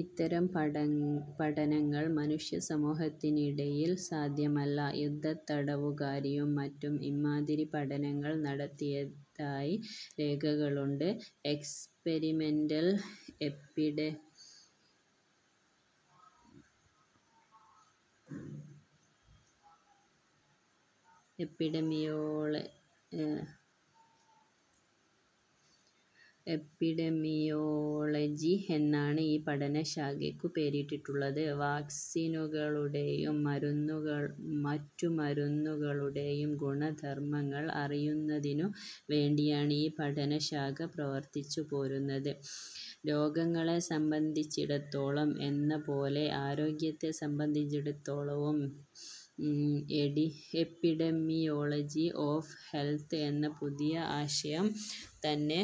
ഇത്തരം പഠ പഠനങ്ങൾ മനുഷ്യ സമൂഹത്തിനിടയിൽ സാധ്യമല്ല. യുദ്ധത്തടവുകാരിലും മറ്റും ഇമ്മാതിരി പഠനങ്ങൾ നടത്തിയതായി രേഖകളുണ്ട്. എക്സ്പരിമെന്റൽ എപ്പിഡെമിയോളജി എന്നാണ് ഈ പഠനശാഖയ്ക്കു പേരിട്ടിട്ടുള്ളത്. വാക്സിനുകളുടെയും മറ്റുമരുന്നുകളുടെയും ഗുണധർമങ്ങൾ അറിയുന്നതിനു വേണ്ടിയാണ് ഈ പഠന ശാഖ പ്രവർത്തിച്ചുപോരുന്നത്. രോഗങ്ങളെ സംബന്ധിച്ചിടത്തോളം എന്നപോലെ ആരോഗ്യത്തെ സംബന്ധിച്ചിടത്തോളവും എപ്പിഡെമിയോളജിക്കു പ്രാധാന്യം കൈവന്നിട്ടുള്ളതിനാൽ എപ്പിഡമിയോളജി ഒഫ് ഹെൽത്ത് എന്ന പുതിയ ആശയം തന്നെ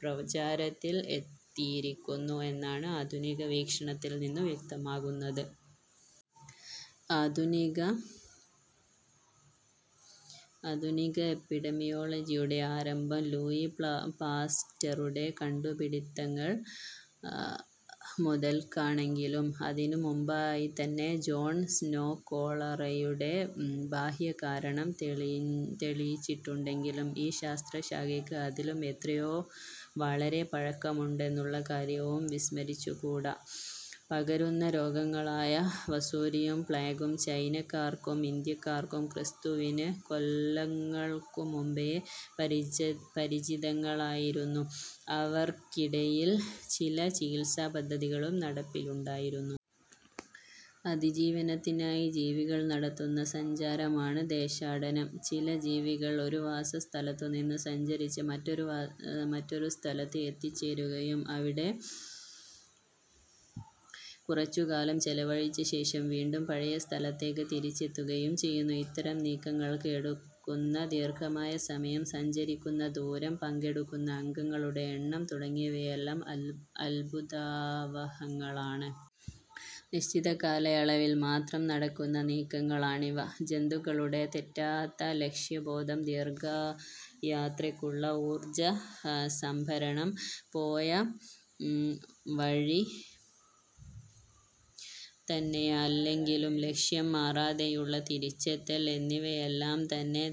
പ്രചാരത്തിൽ എത്തിയിരിക്കുന്നു എന്നാണ് ആധുനിക വീക്ഷണത്തിൽ നിന്നു വ്യക്തമാകുന്നത്. ആധുനിക ആധുനിക എപ്പിഡെമിയോളജിയുടെ ആരംഭം ലൂയീപാസ്റ്ററുടെ കണ്ടുപിടിത്തങ്ങൾ മുതൽക്കാണെങ്കിലും അതിനു മുമ്പായിതന്നെ ജോൺ സ്നോ കോളറയുടെ ബാഹ്യകാരണം തെളിയിച്ചിട്ടുണ്ടെങ്കിലും ഈ ശാസ്ത്രശാഖയ്ക്ക് അതിലും എത്രയോ വളരെ പഴക്കമുണ്ടെന്നുള്ള കാര്യവും വിസ്മരിച്ചുകൂട. പകരുന്ന രോഗങ്ങളായ വസൂരിയും, പ്ലേഗും ചൈനക്കാർക്കും ഇന്ത്യക്കാർക്കും ക്രിസ്തുവിന് കൊല്ലങ്ങൾക്കു മുമ്പേ പരിചിതങ്ങളായിരുന്നു; അവർക്കിടയിൽ ചില ചികിത്സാപദ്ധതികളും നടപ്പിലുണ്ടായിരുന്നു. അതിജീവനത്തിനായി ജീവികൾ നടത്തുന്ന സഞ്ചാരമാണ് ദേശാടനം. ചില ജീവികൾ ഒരു വാസസ്ഥലത്തുനിന്നു സഞ്ചരിച്ച് മറ്റൊരു സ്ഥലത്ത് എത്തിച്ചേരുകയും അവിടെ കുറച്ചുകാലം ചെലവഴിച്ചശേഷം വീണ്ടും പഴയ സ്ഥലത്തേക്കു തിരിച്ചെത്തുകയും ചെയ്യുന്നു. ഇത്തരം നീക്കങ്ങൾക്ക് എടുക്കുന്ന ദീർഘമായ സമയം, സഞ്ചരിക്കുന്ന ദൂരം, പങ്കെടുക്കുന്ന അംഗങ്ങളുടെ എണ്ണം തുടങ്ങിയവയെല്ലാം അത്ഭുതാവഹങ്ങളാണ്. നിശ്ചിത കാലയളവിൽമാത്രം നടക്കുന്ന നീക്കങ്ങളാണിവ. ജന്തുക്കളുടെ തെറ്റാത്ത ലക്ഷ്യബോധം ദീർഘയാത്രയ്ക്കുള്ള ഊർജസംഭരണം, പോയവഴിതന്നെയല്ലെങ്കിലും ലക്ഷ്യം മാറാതെയുള്ള തിരിച്ചെത്തൽ എന്നിവയെല്ലാംതന്നെ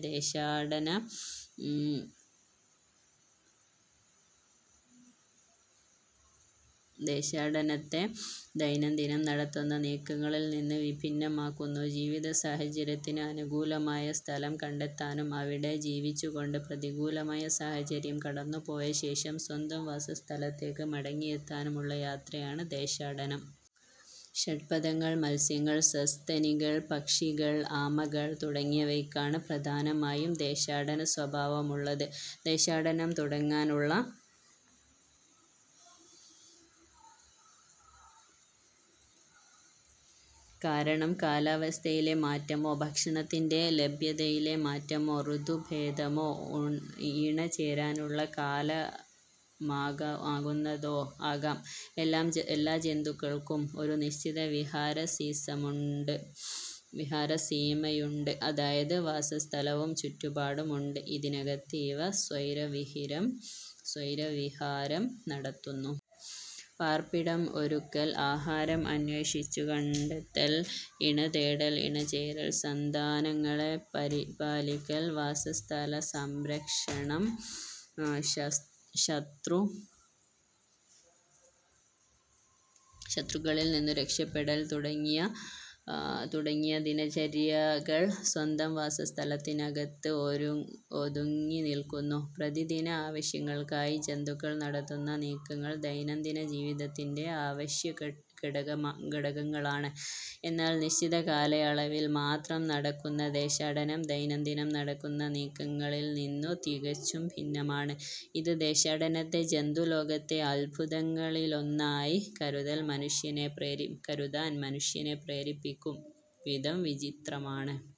ദേശാടനത്തെ ദൈനംദിനം നടത്തുന്ന നീക്കങ്ങളിൽനിന്നു വിഭിന്നമാക്കുന്നു. ജീവിതസാഹചര്യത്തിന് അനുകൂലമായ സ്ഥലം കണ്ടെത്താനും അവിടെ ജീവിച്ചുകൊണ്ട് പ്രതികൂലമായ സാഹചര്യം കടന്നുപോയശേഷം സ്വന്തം വാസസ്ഥലത്തേക്കു മടങ്ങിയെത്താനുമുള്ള യാത്രയാണ് ദേശാടനം. ഷഡ്പദങ്ങൾ, മത്സ്യങ്ങൾ, സസ്തനികൾ, പക്ഷികൾ, ആമകൾ തുടങ്ങിയവയ്ക്കാണ് പ്രധാനമായും ദേശാടനസ്വഭാവമുള്ളത്. ദേശാടനം തുടങ്ങാനുള്ള കാരണം കാലാവസ്ഥയിലെ മാറ്റമോ, ഭക്ഷണത്തിന്റെ ലഭ്യതയിലെ മാറ്റമോ, ഋതുഭേദമോ, ഇണചേരാനുള്ള കാലമാകുന്നതോ ആകാം. എല്ലാ ജന്തുക്കൾക്കും ഒരു നിശ്ചിത വിഹാരസീമയുണ്ട്; അതായത്, വാസസ്ഥലവും ചുറ്റുപാടും ഉണ്ട്. ഇതിനകത്ത് ഇവ സ്വൈരവിഹാരം നടത്തുന്നു. പാർപ്പിടം ഒരുക്കൽ, ആഹാരം അന്വേഷിച്ചുകണ്ടെത്തൽ, ഇണതേടൽ, ഇണചേരൽ, സന്താനങ്ങളെ പരിപാലിക്കൽ, വാസസ്ഥലസംരക്ഷണം, ശത്രുക്കളിൽനിന്നു രക്ഷപ്പെടൽ തുടങ്ങിയ ദിനചര്യകൾ സ്വന്തം വാസസ്ഥലത്തിനകത്ത് ഒതുങ്ങിനില്ക്കുന്നു. പ്രതിദിന ആവശ്യങ്ങൾക്കായി ജന്തുക്കൾ നടത്തുന്ന നീക്കങ്ങൾ ദൈനംദിനജീവിതത്തിന്റെ അവശ്യഘടകങ്ങളാണ്. എന്നാൽ നിശ്ചിത കാലയളവിൽമാത്രം നടക്കുന്ന ദേശാടനം ദൈനംദിനം നടത്തുന്ന നീക്കങ്ങളിൽനിന്നു തികച്ചും ഭിന്നമാണ്. ഇത് ദേശാടനത്തെ ജന്തുലോകത്തെ അത്ഭുതങ്ങളിലൊന്നായി കരുതാൻ മനുഷ്യനെ പ്രേരിപ്പിക്കുംവിധം വിചിത്രമാണ്.